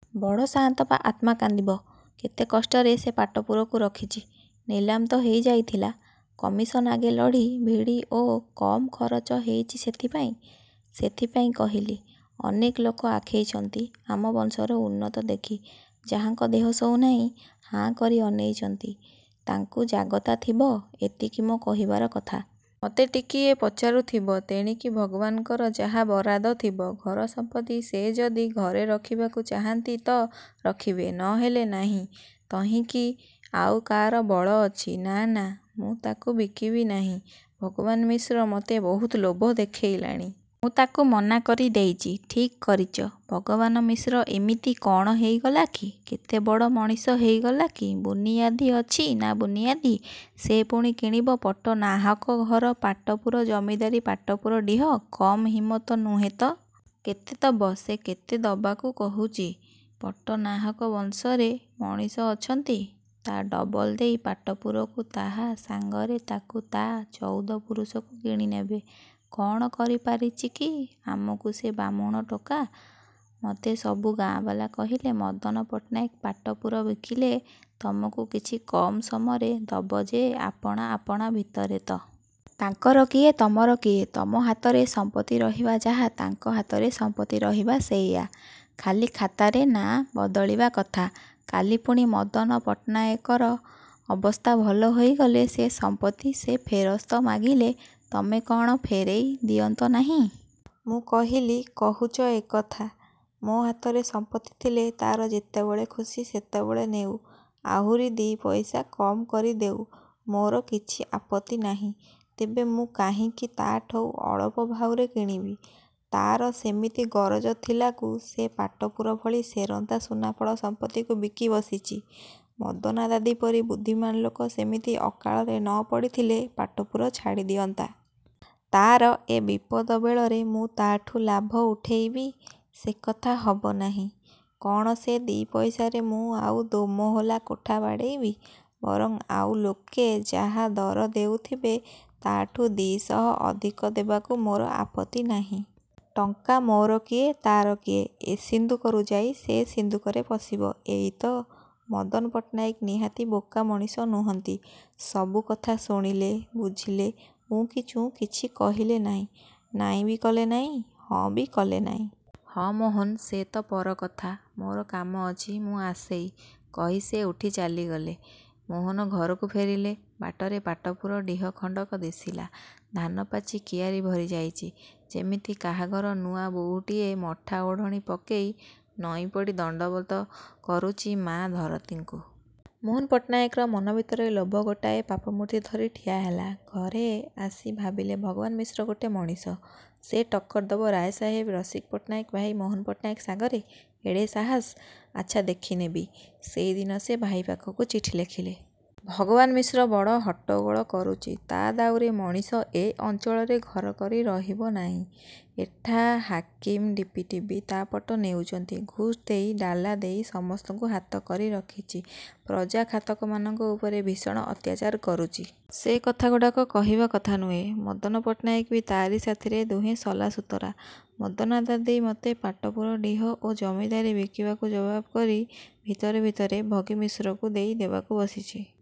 ବଡ଼ ସାଆନ୍ତବା ଆତ୍ମା କାନ୍ଦିବ। କେତେ କଷ୍ଟରେ ସେ ପାଟପୁରକୁ ରଖିଚି। ନିଲାମ ତ ହେଇଯାଇଥିଲା। କମିଶନ୍ ଆଗେ ଲଢ଼ି, ଭିଡ଼ି-ଓଃ କମ୍ ଖରଚ ହେଇଚି ସେଥିପାଇଁ? ସେଥିପାଇଁ କହିଲି, ଅନେକ ଲୋକ ଆଖେଇଛନ୍ତି-ଆମ ବଂଶର ଉନ୍ମତ୍ତ ଦେଖି ଯାହାଙ୍କ ଦେହ ସହୁ ନାହିଁ-ହାଁ କରି ଅନେଇଚନ୍ତି-ତାଙ୍କୁ ଜାଗତା ଥିବ; ଏତିକି ମୋ କହିବାର କଥା। ମୋତେ ଟିକିଏ ପଚାରୁଥିବ-। ତେଣିକି ଭଗବାନ୍ଙ୍କର ଯାହା ବରାଦ ଥିବ। ଘର ସମ୍ପତ୍ତି, ସେ ଯଦି ଘରେ ରଖିବାକୁ ଚାହାଁନ୍ତି ତ ରଖିବେ-ନହେଲେ ନାହିଁ-ତହିଁକି ଆଉ କା'ର ବଳ ଅଛି? '' ''ନା-ନା ମୁଁ ତାକୁ ବିକିବି ନାହିଁ। ଭଗବାନ ମିଶ୍ର। ମୋତେ ବହୁତ ଲୋଭ ଦେଖେଇଲାଣି। ମୁଁ ତାକୁ ମନା କରି ଦେଇଛି। '' ''ଠିକ୍ କରିଚ, ଭଗବାନ ମିଶ୍ର ଇମିତି କ'ଣ ହେଇଗଲା କି? କେଡ଼େ ବଡ଼ ମଣିଷ ହେଇଗଲା କି? ବୁନିଆଦି ଅଛି, ନା ବୁନିଆଦି? ସେ ପୁଣି କିଣିବ ପଟ୍ଟନାହାକ ଘର ପାଟପୁର ଜମିଦାରୀ ପାଟପୁର ଡିହ? କମ୍ ହିମତ ନୁହେଁ ତ? କେତେ ଦବ ସେ କେତେ ଦବାକୁ କହୁଛି? ପଟ୍ଟନାହାକ ବଂଶରେ ମଣିଷ ଅଛନ୍ତି, ତା' ଡବଲ ଦେଇ ପାଟପୁରକୁ ତାହା ସାଙ୍ଗରେ ତାକୁ ତା' ଚଉଦପୁରୁଷକୁ କିଣିନେବେ। କ'ଣ କରିପାଇଛି କି ଆମକୁ ସେ ବାହ୍ମୁଣ ଟୋକା। ମୋତେ ସବୁ ଗାଁବାଲା କହିଲେ ମଦନ ପଟ୍ଟନାୟକ ପାଟପୁର ବିକିଲେ, ତମକୁ କିଛି କମ୍ ସମରେ ଦବ ଯେ ଆପଣା ଆପଣା ଭିତରେ ତ! ତାଙ୍କର କିଏ-ତମର କିଏ? ତମ ହାତରେ ସମ୍ପତ୍ତି ରହିବା ଯାହା, ତାଙ୍କ ହାତରେ ସମ୍ପତ୍ତି ରହିବା ସେଇୟା। ଖାଲି ଖାତାରେ ନାଆଁ ବଦଳିବା କଥା। କାଲି ପୁଣି ମଦନ ପଟ୍ଟନାୟକର ଅବସ୍ଥା ଭଲ ହେଇଗଲେ ସେ ସମ୍ପତ୍ତି ସେ ଫେରସ୍ତ ମାଗିଲେ ତମେ କ'ଣ ଫେରେଇ ଦିଅନ୍ତ ନାହିଁ? ମୁଁ କହିଲି-କହୁଛ ଏ କଥା! ମୋ ହାତରେ ସମ୍ପତ୍ତି ଥିଲେ ତା'ର ଯେତେବେଳେ ଖୁସି ସେତେବେଳେ ନେଉ-ଆହୁରି ଦି' ପଇସା କମ୍ କରି ଦେଉ। ମୋର କିଛି ଆପତ୍ତି ନାହିଁ। ତେବେ ମୁଁ କାହିଁକି ତା'ଠଉ ଅଳପ ଭାଉରେ କିଣିବି! ତା'ର ସେମିତି ଗରଜ ଥିଲାକୁ ସେ ପାଟପୁର ଭଳି ସେରନ୍ତା ସୁନାଫଳା ସମ୍ପତ୍ତିକୁ ବିକି ବସିଚି-ମଦନାଦାଦି ପରି ବୁଦ୍ଧିମାନ୍ ଲୋକ ସେମିତି ଅକାଳରେ ନ ପଡ଼ିଥିଲେ ପାଟପୁର ଛାଡ଼ି ଦିଅନ୍ତା? ତା'ର ଏ ବିପଦ ବେଳରେ ମୁଁ ତା'ଠୁ ଲାଭ ଉଠେଇବି! ସେ କଥା ହବ ନାହିଁ। କ'ଣ ସେ ଦିପଇସାରେ ମୁଁ ଆଉ ଦୋମହଲା କୋଠା ବାଡ଼େଇବି? ବରଂ ଆଉ ଲୋକେ ଯାହା ଦର ଦେଉଥିବେ ତା'ଠୁ ଦିଶହ ଅଧିକ ଦେବାକୁ ମୋର ଆପତ୍ତି ନାହିଁ। ଟଙ୍କା ମୋର କିଏ ତା'ର କିଏ? ଏ ସିନ୍ଦୁକରୁ ଯାଇ ସେ ସିନ୍ଦୁକରେ ପଶିବ-। ଏଇ ତ! '' ମଦନ ପଟ୍ଟନାୟକ ନିହାତି ବୋକା ମଣିଷ ନୁହନ୍ତି। ସବୁକଥା ଶୁଣିଲେ, ବୁଝିଲେ, ଉଁ କି ଚୁଁ କିଛି କହିଲେ ନାହିଁ। ନାହିଁବି କଲେ ନାହିଁ-ହଁବି କଲେ ନାହିଁ। ''ହଁ ମୋହନ ସେ ତ ପର କଥା। ମୋର କାମ ଅଛି ମୁଁ ଆସେଇ। '' କହି ସେ ଉଠି ଚାଲିଗଲେ। ମୋହନ ଘରକୁ ଫେରିଲେ। ବାଟରେ ପାଟପୁର ଡିହ ଖଣ୍ଡକ ଦିଶିଲା। ଧାନପାଚି କିଆରି ଭରି ଯାଇଚି। ଯେମିତି କାହାଘର ନୂଆ ବହୂଟିଏ ମଠା ଓଢ଼ଣା ପକେଇ ନଇଁ ପଡ଼ି ଦଣ୍ଡବତ କରୁଚି ମା ଧରତୀଙ୍କୁ। ମୋହନ ପଟ୍ଟନାୟକର ମନ ଭିତରେ ଲୋଭ ଗୋଟାଏ ପାପ ମୂର୍ତ୍ତି ଧରି ଠିଆ ହେଲା। ଘରେ ଆସି ଭାବିଲେ-ଭଗବାନମିଶ୍ର ଗୋଟେ ମଣିଷ, ସେ ଟକ୍କର ଦବ ରାୟସାହେବ ରସିକପଟ୍ଟନାୟକ ଭାଇ ମୋହନ ପଟ୍ଟନାୟକ ସାଙ୍ଗରେ? ଏଡ଼େ ସାହସ? ଆଚ୍ଛା ଦେଖିନେବି। ସେଇ ଦିନ ସେ ଭାଇ ପାଖକୁ ଚିଠି ଲେଖିଲେ। ଭଗବାନ ମିଶ୍ର ବଡ଼ ହଟ୍ଟଗୋଳ କରୁଚି, ତା' ଦାଉରେ ମଣିଷ ଏ ଅଞ୍ଚଳରେ ଘର କରି ରହିବ ନାହିଁ। ଏଠା ହାକିମ ଡିପଟିବି ତା'ର ପଟ ନେଉଛନ୍ତି। ଘୁଷ୍ ଦେଇ, ଡାଲା ଦେଇ ସମସ୍ତକୁ ହାତ କରି ରଖିଛି। ପ୍ରଜା ଖାତକମାନଙ୍କ ଉପରେ ଭୀଷଣ ଅତ୍ୟାଚାର କରୁଛି। ସେ କଥାଗୁଡ଼ାକ କହିବା କଥା ନୁହେଁ। ମଦନ ପଟ୍ଟନାୟକବି ତା'ରି ସାଥିରେ-ଦୁହେଁ ସଲାସୁତରା। ମଦନାଦାଦି ମୋତେ ପାଟପୁର ଡିହ ଓ ଜମିଦାରୀ ବିକିବାକୁ ଜବାବ କରି ଭିତରେ ଭିତରେ ଭଗିମିଶ୍ରକୁ ଦେଇ ଦେବାକୁ ବସିଛି।